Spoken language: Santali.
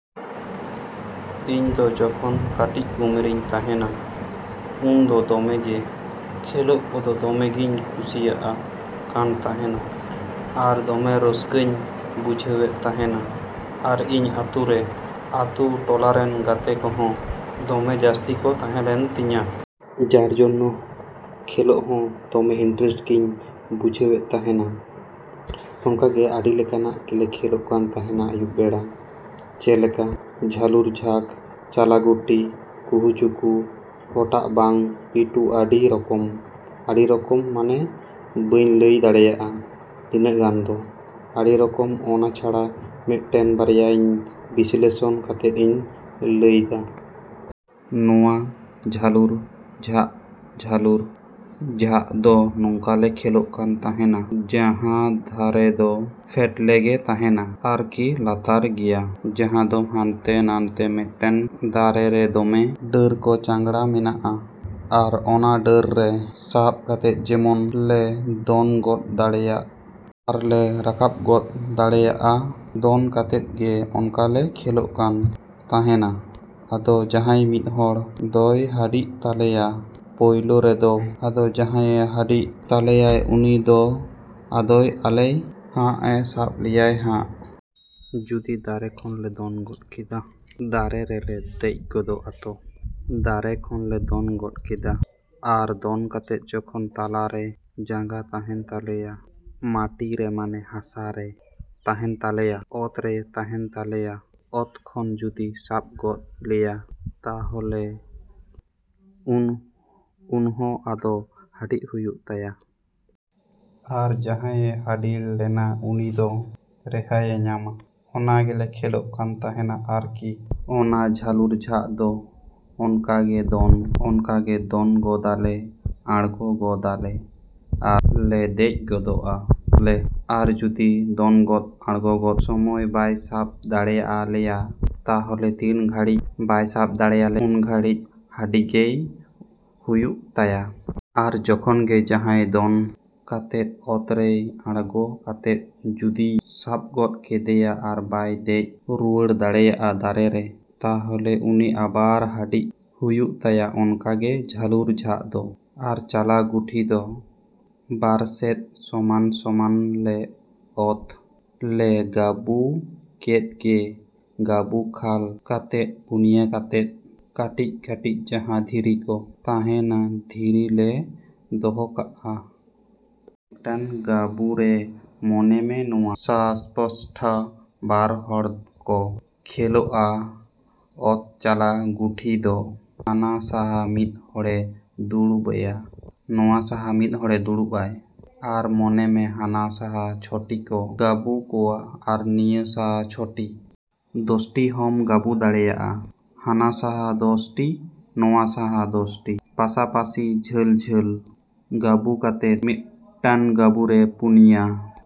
ᱤᱧ ᱫᱚ ᱡᱚᱠᱷᱚᱱ ᱠᱟᱹᱴᱤᱡ ᱩᱢᱮᱨᱤᱧ ᱛᱟᱦᱮᱱᱟ, ᱩᱱᱫᱚ ᱫᱚᱢᱮ ᱜᱮ ᱠᱷᱮᱞᱳᱜ ᱫᱚ ᱫᱚᱢᱮ ᱜᱤᱧ ᱠᱩᱥᱤᱭᱟᱜ ᱠᱟᱱ ᱛᱟᱦᱮᱱᱟ᱾ ᱟᱨ ᱫᱚᱢᱮ ᱨᱟᱹᱥᱠᱟᱹᱧ ᱵᱩᱡᱷᱟᱹᱣᱮᱫ ᱛᱟᱦᱮᱱᱟ᱾ ᱟᱨ ᱤᱧ ᱟᱛᱳ ᱨᱮ, ᱟᱛᱳᱼᱴᱚᱞᱟ ᱨᱮ ᱜᱟᱛᱮ ᱠᱚᱦᱚᱸ ᱫᱚᱢᱮ ᱡᱟᱹᱥᱛᱤ ᱠᱚ ᱛᱟᱦᱮᱸ ᱞᱮᱱ ᱛᱤᱧᱟ᱾ ᱡᱟᱨ ᱡᱚᱱᱚ ᱠᱷᱮᱞᱳᱜ ᱦᱚᱸ ᱫᱚᱢᱮ ᱤᱱᱴᱟᱨᱮᱥᱴ ᱜᱤᱧ ᱵᱩᱡᱷᱟᱹᱣᱮᱫ ᱛᱟᱦᱮᱱᱟ᱾ ᱚᱱᱠᱟᱜᱮ ᱟᱹᱰᱤ ᱞᱮᱠᱟᱱ ᱞᱮ ᱠᱷᱮᱞᱳᱜ ᱠᱟᱱ ᱛᱟᱦᱮᱱᱟ ᱟᱭᱩᱵ ᱵᱮᱲᱟ᱾ ᱡᱮᱞᱮᱠᱟ ᱡᱷᱟᱹᱞᱩᱨ ᱡᱷᱟᱜ, ᱪᱟᱞᱟ ᱜᱩᱴᱷᱤ, ᱠᱩᱦᱩᱼᱪᱩᱠᱩ, ᱦᱚᱴᱟᱜ ᱰᱟᱝ, ᱯᱤᱴᱩ, ᱟᱹᱰᱤ ᱨᱚᱠᱚᱢᱼᱟᱹᱰᱤ ᱨᱚᱠᱚᱢ, ᱢᱟᱱᱮ ᱵᱟᱹᱧ ᱞᱟᱹᱭ ᱫᱟᱲᱮᱭᱟᱜᱼᱟ ᱤᱱᱟᱹᱜ ᱜᱟᱱ ᱫᱚ ᱟᱹᱰᱤ ᱨᱚᱠᱚᱢ ᱚᱱᱟ ᱪᱷᱟᱲᱟ ᱢᱤᱫᱴᱮᱱ ᱵᱟᱨᱭᱟ ᱤᱧ ᱵᱤᱥᱞᱮᱥᱚᱱ ᱠᱟᱛᱮᱧ ᱞᱟᱹᱭᱮᱫᱟ᱾ ᱱᱚᱣᱟ ᱡᱷᱟᱹᱞᱩᱨ ᱡᱷᱟᱜ, ᱡᱷᱟᱹᱞᱩᱨ ᱡᱷᱟᱜ ᱫᱚ ᱚᱱᱠᱟ ᱞᱮ ᱠᱷᱮᱞᱳᱜ ᱠᱟᱱ ᱛᱟᱦᱮᱱᱟ ᱡᱟᱦᱟᱸ ᱫᱟᱨᱮ ᱫᱚ ᱯᱷᱮᱴᱞᱮ ᱜᱮ ᱛᱟᱦᱮᱱᱟ ᱟᱨᱠᱤ ᱞᱟᱛᱟᱨ ᱜᱮᱭᱟ᱾ ᱡᱟᱦᱟᱸ ᱫᱚ ᱦᱟᱱᱛᱮ ᱱᱟᱛᱮ ᱢᱤᱫᱴᱮᱱ ᱫᱟᱨᱮ ᱨᱮ ᱫᱚᱢᱮ ᱰᱟᱹᱨ ᱠᱚ ᱪᱟᱝᱜᱽᱲᱟ ᱢᱮᱱᱟᱜᱼᱟ᱾ ᱟᱨ ᱚᱱᱟ ᱰᱟᱹᱨ ᱨᱮ ᱥᱟᱵ ᱠᱟᱛᱮᱫ ᱡᱮᱢᱚᱱ ᱞᱮ ᱫᱚᱱ ᱜᱚᱫ ᱫᱟᱲᱮᱜᱼᱟ᱾ ᱟᱨ ᱞᱮ ᱨᱟᱠᱟᱵ ᱜᱚᱫ ᱫᱟᱲᱮᱜᱼᱟ ᱫᱚᱱ ᱠᱟᱛᱮᱫ ᱜᱮ ᱚᱱᱠᱟ ᱞᱮ ᱠᱷᱮᱞᱳᱜ ᱠᱟᱱ ᱛᱟᱦᱮᱱᱟ᱾ ᱟᱫᱚ ᱡᱟᱦᱟᱸᱭ ᱢᱤᱫ ᱦᱚᱲ ᱫᱚᱭ ᱦᱟᱹᱰᱤᱜ ᱛᱟᱞᱮᱭᱟ ᱯᱳᱭᱞᱳ ᱨᱮᱫᱚ᱾ ᱟᱫᱚ ᱡᱟᱦᱟᱸᱭ ᱦᱟᱹᱰᱤᱜ ᱛᱟᱞᱮᱭᱟᱭ ᱩᱱᱤ ᱫᱚ ᱟᱫᱚᱭ ᱟᱞᱮ ᱦᱟᱸᱜᱼᱮ ᱥᱟᱵ ᱞᱮᱭᱟᱭ ᱦᱟᱸᱜ᱾ ᱡᱩᱫᱤ ᱫᱟᱨᱮ ᱠᱷᱚᱱ ᱞᱮ ᱫᱚᱱ ᱜᱚᱫ ᱠᱮᱫᱟ, ᱫᱟᱨᱮ ᱨᱮᱞᱮ ᱫᱮᱡ ᱠᱚᱜᱼᱟ ᱛᱚ, ᱫᱟᱨᱮ ᱠᱷᱚᱱ ᱞᱮ ᱫᱚᱱ ᱜᱚᱫ ᱠᱮᱫᱟ᱾ ᱟᱨ ᱫᱚᱱ ᱠᱟᱛᱮ ᱡᱚᱠᱷᱚᱱ ᱞᱟᱛᱟᱨ ᱨᱮ ᱡᱟᱸᱜᱟ ᱛᱟᱦᱮᱱ ᱛᱟᱞᱮᱭᱟ, ᱢᱟᱴᱤ ᱨᱮ ᱢᱟᱱᱮ, ᱦᱟᱥᱟ ᱨᱮ ᱛᱟᱦᱮᱱ ᱛᱟᱞᱮᱭᱟ, ᱚᱛ ᱨᱮ ᱛᱟᱦᱮᱱ ᱛᱟᱞᱮᱭᱟ ᱛᱚᱠᱷᱚᱱ ᱡᱩᱫᱤ ᱥᱟᱵ ᱜᱚᱫ ᱞᱮᱭᱟ ᱛᱟᱦᱞᱮ ᱩᱱᱦᱚ ᱟᱫᱚ ᱦᱟᱹᱰᱤᱜ ᱦᱩᱭᱩᱜ ᱛᱟᱭᱟ᱾ ᱟᱨ ᱡᱟᱦᱟᱸᱭᱮ ᱦᱟᱹᱰᱤ ᱞᱮᱱᱟ ᱩᱱᱤ ᱫᱚ ᱨᱮᱦᱟᱭᱮ ᱧᱟᱢᱟ, ᱚᱱᱠᱟ ᱜᱮᱞᱮ ᱠᱷᱮᱞᱳᱜ ᱠᱟᱱ ᱛᱟᱦᱮᱱᱟ ᱟᱨᱠᱤ ᱚᱱᱟ ᱡᱷᱟᱹᱞᱩᱨ ᱡᱷᱟᱜ ᱫᱚ᱾ ᱚᱱᱠᱟ ᱜᱮ ᱫᱚᱱ ᱜᱚᱫᱟᱞᱮ ᱟᱲᱜᱳ ᱜᱚᱫᱚᱜᱼᱟᱞᱮ ᱟᱨ ᱞᱮ ᱫᱮᱡ ᱜᱚᱫᱚᱜᱼᱟᱞᱮ᱾ ᱟᱨ ᱡᱩᱫᱤ ᱫᱚᱱ ᱜᱚᱫ ᱟᱲᱜᱳ ᱜᱚᱫ ᱥᱚᱢᱚᱭ ᱵᱟᱭ ᱥᱟᱵ ᱫᱟᱲᱮᱭᱟᱞᱮᱭᱟ ᱛᱟᱦᱞᱮ ᱛᱤᱱ ᱜᱷᱟᱹᱲᱤᱡ ᱵᱟᱭ ᱥᱟᱵ ᱫᱟᱲᱮᱭᱟᱞᱮ ᱩᱱ ᱜᱷᱟᱹᱲᱤᱡ ᱩᱱᱤ ᱦᱟᱹᱰᱤᱜ ᱜᱮ ᱦᱩᱭᱩᱜ ᱛᱟᱭᱟ᱾ ᱟᱨ ᱡᱚᱠᱷᱚᱱ ᱜᱮ ᱡᱟᱦᱟᱸᱭ ᱫᱚᱱ ᱠᱟᱛᱮ ᱚᱛ ᱨᱮ ᱟᱲᱜᱳ ᱠᱟᱛᱮ ᱡᱩᱫᱤᱭ ᱥᱟᱵ ᱜᱚᱫ ᱠᱟᱫᱮᱭᱟ ᱟᱨ ᱵᱟᱭ ᱫᱮᱡ ᱨᱩᱣᱟᱹᱲ ᱫᱟᱲᱮᱭᱟᱜᱼᱟ ᱫᱟᱨᱮ ᱨᱮ ᱛᱟᱦᱞᱮ ᱩᱱᱤ ᱟᱵᱟᱨ ᱦᱟᱹᱰᱤᱜ ᱦᱩᱭᱩᱜ ᱛᱟᱭᱟ᱾ ᱚᱱᱠᱟ ᱜᱮ ᱡᱷᱟᱹᱞᱩᱨ ᱡᱷᱟᱜ ᱫᱚ᱾ ᱟᱨ ᱪᱟᱞᱟ ᱜᱩᱴᱷᱤ ᱫᱚ ᱵᱟᱨ ᱥᱮᱫ ᱥᱚᱢᱟᱱᱼᱥᱚᱢᱟᱱ ᱞᱮ ᱚᱛ ᱞᱮ ᱜᱟᱹᱰᱩ ᱠᱮᱫ ᱜᱮ, ᱜᱟᱹᱰᱩ ᱠᱷᱟᱞ ᱠᱟᱛᱮ ᱯᱩᱱᱭᱟ ᱠᱟᱛᱮᱫ ᱠᱟᱹᱴᱤᱡᱼᱠᱟᱹᱴᱤᱡ ᱡᱟᱦᱟᱸ ᱫᱷᱤᱨᱤ ᱠᱚ ᱛᱟᱦᱮᱱᱟ, ᱫᱷᱤᱨᱤ ᱞᱮ ᱫᱚᱦᱚ ᱠᱚᱣᱟ᱾ ᱢᱤᱫᱴᱮᱱ ᱜᱟᱹᱰᱩ ᱨᱮ ᱢᱚᱱᱮ ᱢᱮ ᱱᱚᱣᱟ ᱥᱟ ᱯᱟᱥᱴᱟ ᱵᱟᱨ ᱦᱚᱲ ᱠᱚ ᱠᱷᱮᱞᱳᱜᱼᱟ ᱛᱚ ᱪᱟᱞᱟ ᱜᱩᱴᱷᱤ ᱫᱚ᱾ ᱦᱟᱱᱟ ᱥᱟ ᱢᱤᱫ ᱦᱚᱲᱮ ᱫᱩᱲᱩᱵᱼᱟ, ᱱᱤᱭᱟᱹ ᱥᱟ ᱢᱤᱫ ᱦᱚᱲᱮ ᱫᱩᱲᱩᱵᱼᱟ᱾ ᱟᱨ ᱢᱮᱱᱢᱮ ᱦᱟᱱᱟ ᱥᱟ ᱪᱷᱚᱴᱤ ᱠᱚ ᱜᱟᱹᱰᱩ ᱠᱟᱜᱼᱟ ᱟᱨ ᱱᱤᱭᱟᱹ ᱥᱟ ᱪᱷᱚᱴᱤ᱾ ᱫᱚᱥᱴᱤ ᱦᱚᱸᱢ ᱜᱟᱹᱰᱩ ᱫᱟᱲᱮᱭᱟᱜᱼᱟ᱾ ᱦᱟᱱᱟ ᱥᱟ ᱫᱚᱥᱴᱤ, ᱱᱚᱣᱟ ᱥᱟ ᱫᱚᱥᱴᱤ᱾ ᱯᱟᱥᱟᱯᱟᱹᱥᱤ ᱡᱷᱟᱹᱞᱼᱡᱷᱟᱹᱞ᱾ ᱜᱟᱹᱰᱩ ᱠᱟᱛᱮ ᱢᱤᱫᱴᱮᱱ ᱜᱟᱹᱰᱩ ᱨᱮ ᱯᱩᱱᱭᱟ᱾